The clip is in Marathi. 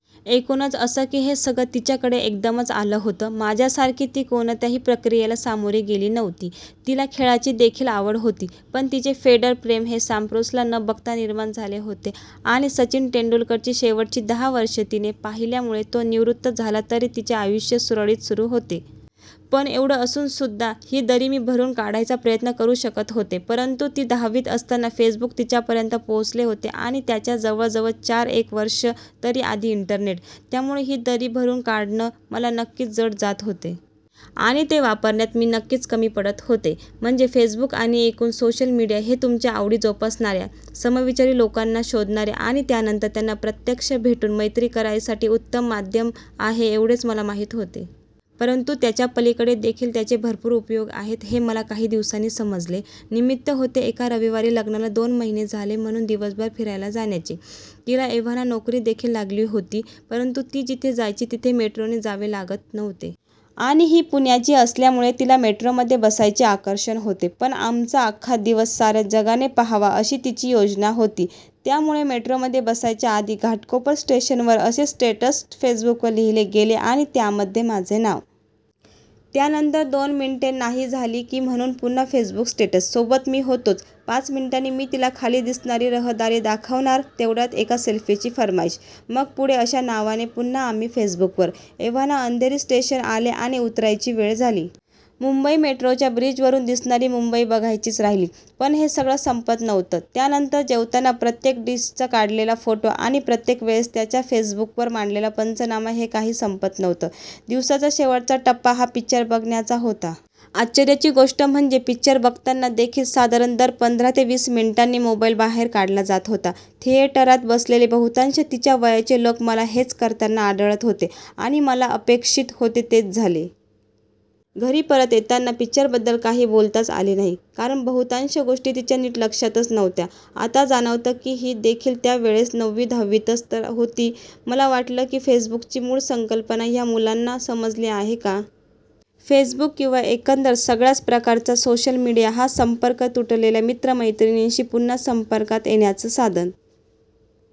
एकूणच असं की हे सगळं तिच्याकडे एकदम आलं होतं. माझ्यासारखी ती कोणत्याही प्रक्रियेला सामोरी गेली नव्हती. तिला खेळाची देखील आवड होती. पण तिचे फेडरर-प्रेम हे साम्प्रासला न बघता निर्माण झाले होते आणि सचिन तेंडुलकरची शेवटची दहा वर्षं तिने पाहिल्यामुळे तो निवृत्त झाला तरी तिचे आयुष्य सुरळीत सुरू होते. पण एवढं असून सुद्धा ही दरी मी भरून काढायचा प्रयत्न करू शकत होतो. परंतु ती दहावीतच असताना फेसबुक तिच्यापर्यंत पोहोचले होते आणि त्याच्या जवळ जवळ चार एक वर्ष तरी आधी इंटरनेट. त्यामुळे ही दरी भरून काढणं मला नक्कीच जड जात होतं. आणि ते वापरण्यात मी नक्कीच कमी पडत होतो. म्हणजे फेसबुक आणि एकूण सोशल मीडिया हे तुमच्या आवडी जोपासणाऱ्या, समविचारी लोकांना शोधणारे आणि त्यानंतर त्यांना प्रत्यक्ष भेटून मैत्री करायसाठी उत्तम माध्यम आहे एवढेच मला माहिती होते. परंतु त्याच्या पलीकडे देखील त्याचे भरपूर उपयोग आहेत हे मला काही दिवसांत समजले. निमित्त होते एका रविवारी लग्नाला दोन महिने झाले म्हणून दिवसभर फिरायला जाण्याचे. तिला एव्हाना नोकरी देखील लागली होती. परंतु ती जिथे जायची तिथे मेट्रोने जावे लागत नव्हते. आणि ही पुण्याची असल्यामुळे तिला मेट्रोमध्ये बसायचे आकर्षण होते. पण आमचा अख्खा दिवस साऱ्या जगाने पाहावा अशी तिची योजना होती. त्यामुळे मेट्रोमध्ये बसायच्या आधी घाटकोपर स्टेशनवर असे स्टेटस फेसबुकवर लिहिले गेले आणि त्यामध्ये माझे नाव. त्यानंतर दोन मिनिटे नाही झाली की म्हणून पुन्हा फेसबुक स्टेटस. सोबत मी होतोच. पाच मिनिटांनी मी तिला खाली दिसणारी रहदारी दाखवणार तेवढ्यात एका सेल्फीची फर्माईश. मग पुढे अशा नावाने पुन्हा आम्ही फेसबुकवर. एव्हाना अंधेरी स्टेशन आले आणि उतरायची वेळ झाली. मुंबई मेट्रोच्या ब्रिजवरून दिसणारी मुंबई बघायचीच राहिली. पण हे सगळं संपलं नव्हतं. त्यानंतर जेवताना प्रत्येक डिशचा काढलेला फोटो आणि प्रत्येक वेळेस त्याचा फेसबुकवर मांडलेला पंचनामा हे काही संपत नव्हतं. दिवसाचा शेवटचा टप्पा हा पिक्चर बघण्याचा होता. आश्चर्याची गोष्ट म्हणजे पिक्चर बघताना देखील साधारण दर पंधरा ते वीस मिनिटांनी मोबाईल बाहेर काढला जात होता. थिएटरात बसलेले बहुतांश तिच्या वयाचे लोक मला हेच करताना आढळत होते. आणि मला अपेक्षित होते तेच झाले. घरी परत येताना पिक्चरबद्दल काही बोलताच आले नाही. कारण बहुतांश गोष्टी तिच्या नीट लक्षातच नव्हत्या. आता जाणवतं की ही देखील त्या वेळेस नववी-दहावीतच तर होती. मग वाटलं की फेसबुकची मूळ संकल्पना ह्या मुलांना समजली आहे का? फेसबुक किंवा एकंदर सगळ्याच प्रकारचा सोशल मीडिया हा संपर्क तुटलेल्या मित्र-मैत्रिणींशी पुन्हा संपर्कात येण्याचं साधन.